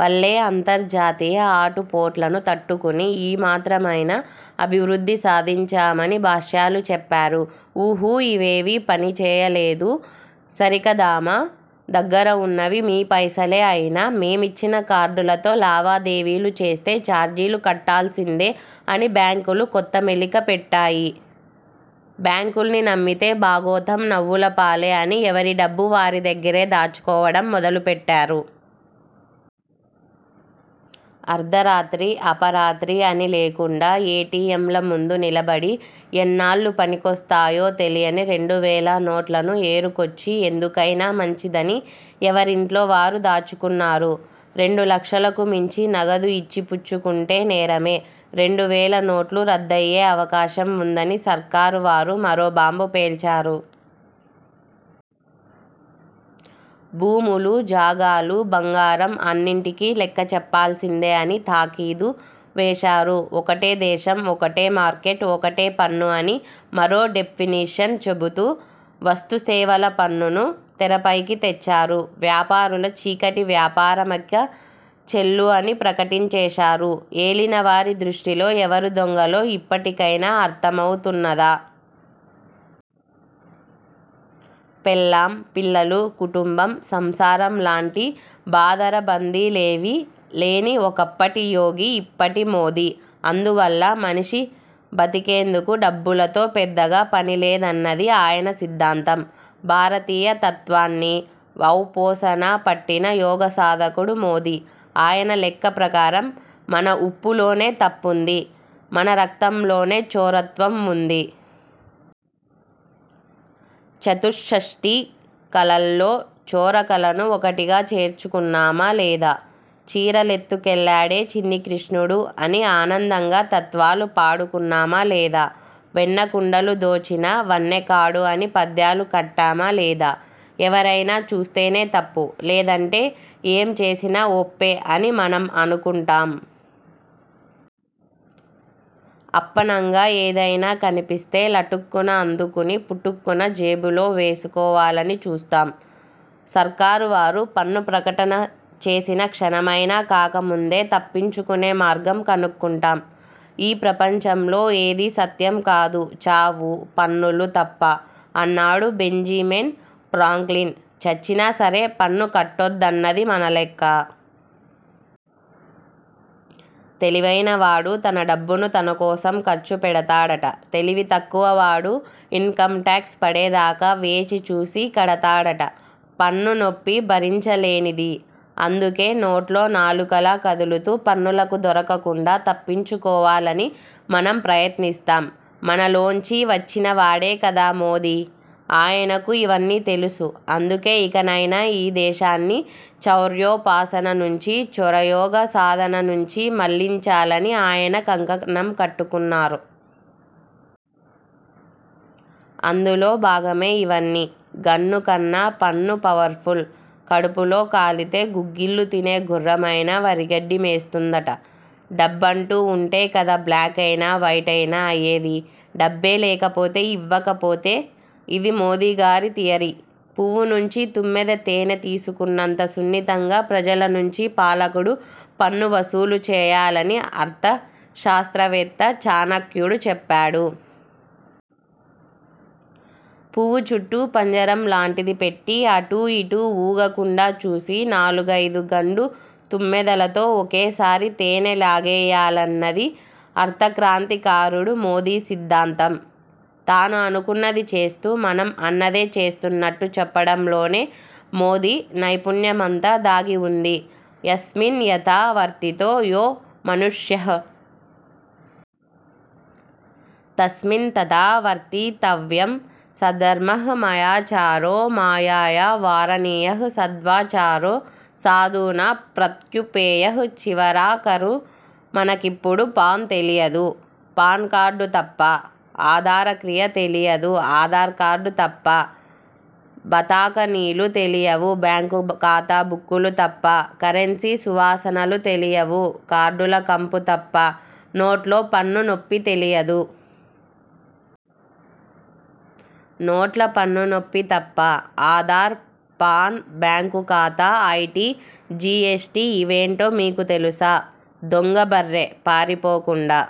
వల్లే అంతర్జాతీయ ఆటుపోట్లను తట్టుకుని ఈ మాత్రమైనా అభివృద్ధి సాధించామని భాష్యాలు చెప్పారు. ఉహూఇవేవీ పని చేయలేదు. సరికదామా దగ్గర ఉన్నవి మీ పైసలే అయినా.. మేమిచ్చిన కార్డులతో లావాదేవీలు చేస్తే చార్జీలు కట్టాల్సిందే అని బ్యాంకులు కొత్త మెలిక పెట్టాయి. బ్యాంకుల్ని నమ్మితే బాగోతం నవ్వులపాలే అని ఎవరి డబ్బు వారి దగ్గరే దాచుకోవడం మొదలుపెట్టారు. అర్ధరాత్రి, అపరాత్రి అని లేకుండా ఏటీఎంల ముందు నిలబడి, ఎన్నాళ్లు పనికొస్తాయో తెలియని రెండు వేల నోట్లను ఏరుకొచ్చి, ఎందుకైనా మంచిదని ఎవరింట్లో వారు దాచుకున్నారు. రెండు లక్షలకు మించి నగదు ఇచ్చి పుచ్చుకుంటే నేరమే, రెండు వేల నోట్లూ రద్దయ్యే అవకాశం ఉందని సర్కారు వారు మరో బాంబు పేల్చారు. భూములు, జాగాలు, బంగారం అన్నింటికీ లెక్క చెప్పాల్సిందే అని తాఖీదు వేశారు. ఒకటే దేశం, ఒకటే మార్కెట్, ఒకటే పన్ను అని మరో డెఫినిషన్ చెబుతూ వస్తు సేవల పన్నును తెరపైకి తెచ్చారు. వ్యాపారుల చీకటి వ్యాపారమిక చెల్లు అని ప్రకటించేశారు. ఏలిన వారి దృష్టిలో ఎవరు దొంగలో ఇప్పటికైనా అర్థమవుతున్నదా! పెళ్లాం, పిల్లలు, కుటుంబం, సంసారంలాంటి బాదరబందీలేవీ లేని ఒకప్పటి యోగి ఇప్పటి మోదీ! అందువల్ల మనిషి బతికేందుకు డబ్బులతో పెద్దగా పనిలేదన్నది ఆయన సిద్ధాంతం. భారతీయ తత్వాన్ని ఔపోసన పట్టిన యోగసాధకుడు మోదీ. ఆయన లెక్క ప్రకారం మన ఉప్పులోనే తప్పుంది. మన రక్తంలోనే చోరత్వం ఉంది. చతుష్షష్టి కళల్లో చోర కళను ఒకటిగా చేర్చుకున్నామా లేదా? చీరలెత్తుకెళ్లాడే చిన్ని కృష్ణుడు అని ఆనందంగా తత్వాలు పాడుకున్నామా లేదా? వెన్న కుండలు దోచిన వన్నెకాడు అని పద్యాలు కట్టామా లేదా? ఎవరైనా చూస్తేనే తప్పు.. లేదంటే ఏం చేసినా ఒప్పే అని మనం అనుకుంటాం. అప్పనంగా ఏదైనా కనిపిస్తే లటుక్కున అందుకుని పుటుక్కున జేబులో వేసుకోవాలని చూస్తాం. సర్కారు వారు పన్ను ప్రకటన చేసి క్షణమైనా కాకముందే తప్పించుకునే మార్గం కనుక్కుంటాం. 'ఈ ప్రపంచంలో ఏదీ సత్యం కాదు. చావు, పన్నులు తప్ప' అన్నాడు బెంజిమెన్ ఫ్రాంక్లిన్. చచ్చినా సరే పన్ను కట్టొద్దన్నది మన లెక్క. తెలివైనవాడు తన డబ్బును తనకోసం ఖర్చు పెడతాడట. తెలివి తక్కువవాడు ఇన్కమ్ట్యాక్స్ పడేదాకా వేచి చూసి కడతాడట. పన్ను నొప్పి భరించలేనిది. అందుకే నోట్లో నాలుకలా కదులుతూ పన్నులకు దొరకకుండా తప్పించుకోవాలని మనం ప్రయత్నిస్తాం. మనలోంచి వచ్చినవాడే కదా మోదీ. ఆయనకు ఇవన్నీ తెలుసు. అందుకే ఇకనైనా ఈ దేశాన్ని చౌర్యోపాసన నుంచి, చోరయోగ సాధన నుంచి మళ్లించాలని ఆయన కంకణం కట్టుకున్నారు. అందులో భాగమే ఇవన్నీ! గన్ను కన్నా పన్ను పవర్ఫుల్. కడుపులో కాలితే గుగ్గిళ్లు తినే గుర్రమైనా వరిగడ్డి మేస్తుందట! డబ్బంటూ ఉంటే కదా బ్లాకైనా, వైటైనా అయ్యేది. డబ్బే లేకపోతే.. ఇవ్వకపోతే! ఇదీ మోదీగారి థియరీ. పువ్వు నుంచి తుమ్మెద తేనె తీసుకున్నంత సున్నితంగా ప్రజల నుంచి పాలకుడు పన్ను వసూలు చేయాలని అర్థ శాస్త్రవేత్త చాణక్యుడు చెప్పాడు. పువ్వు చుట్టూ పంజరంలాంటిది పెట్టి, అటూ ఇటూ ఊగకుండా చూసి, నాలుగైదు గండు తుమ్మెదలతో ఒకేసారి తేనె లాగేయాలన్నది అర్థక్రాంతికారుడు మోదీ సిద్ధాంతం. తాను అనుకున్నది చేస్తూ, మనం అన్నదే చేస్తున్నట్టు చెప్పడంలోనే మోదీ నైపుణ్యమంతా దాగి ఉంది. యస్మిన్ యథా వర్తితో యో మనుష్యః. తస్మిన్ తథా వర్తితవ్యం సధర్మఃమాయాచారో మాయయా వారణీయఃసాధ్వాచారో సాధునా ప్రత్యుపేయః చివరాఖరు మనకిప్పుడు పాన్ తెలియదు. పాన్కార్డు తప్ప! ఆధార క్రియ తెలియదు. ఆధార్ కార్డు తప్ప! బాతాఖానీలు తెలియవు. బ్యాంకు ఖాతా బుక్కులు తప్ప! కరెన్సీ సువాసనలు తెలియవు.. కార్డుల కంపు తప్ప! నోట్లో పన్ను నొప్పి తెలియదు. నోట్ల పన్ను నొప్పి తప్ప! ఆధార్, పాన్, బ్యాంకు ఖాతా, ఐటీ, జీఎస్టీ ఇవేంటో మీకు తెలుసా? దొంగబర్రె పారిపోకుండా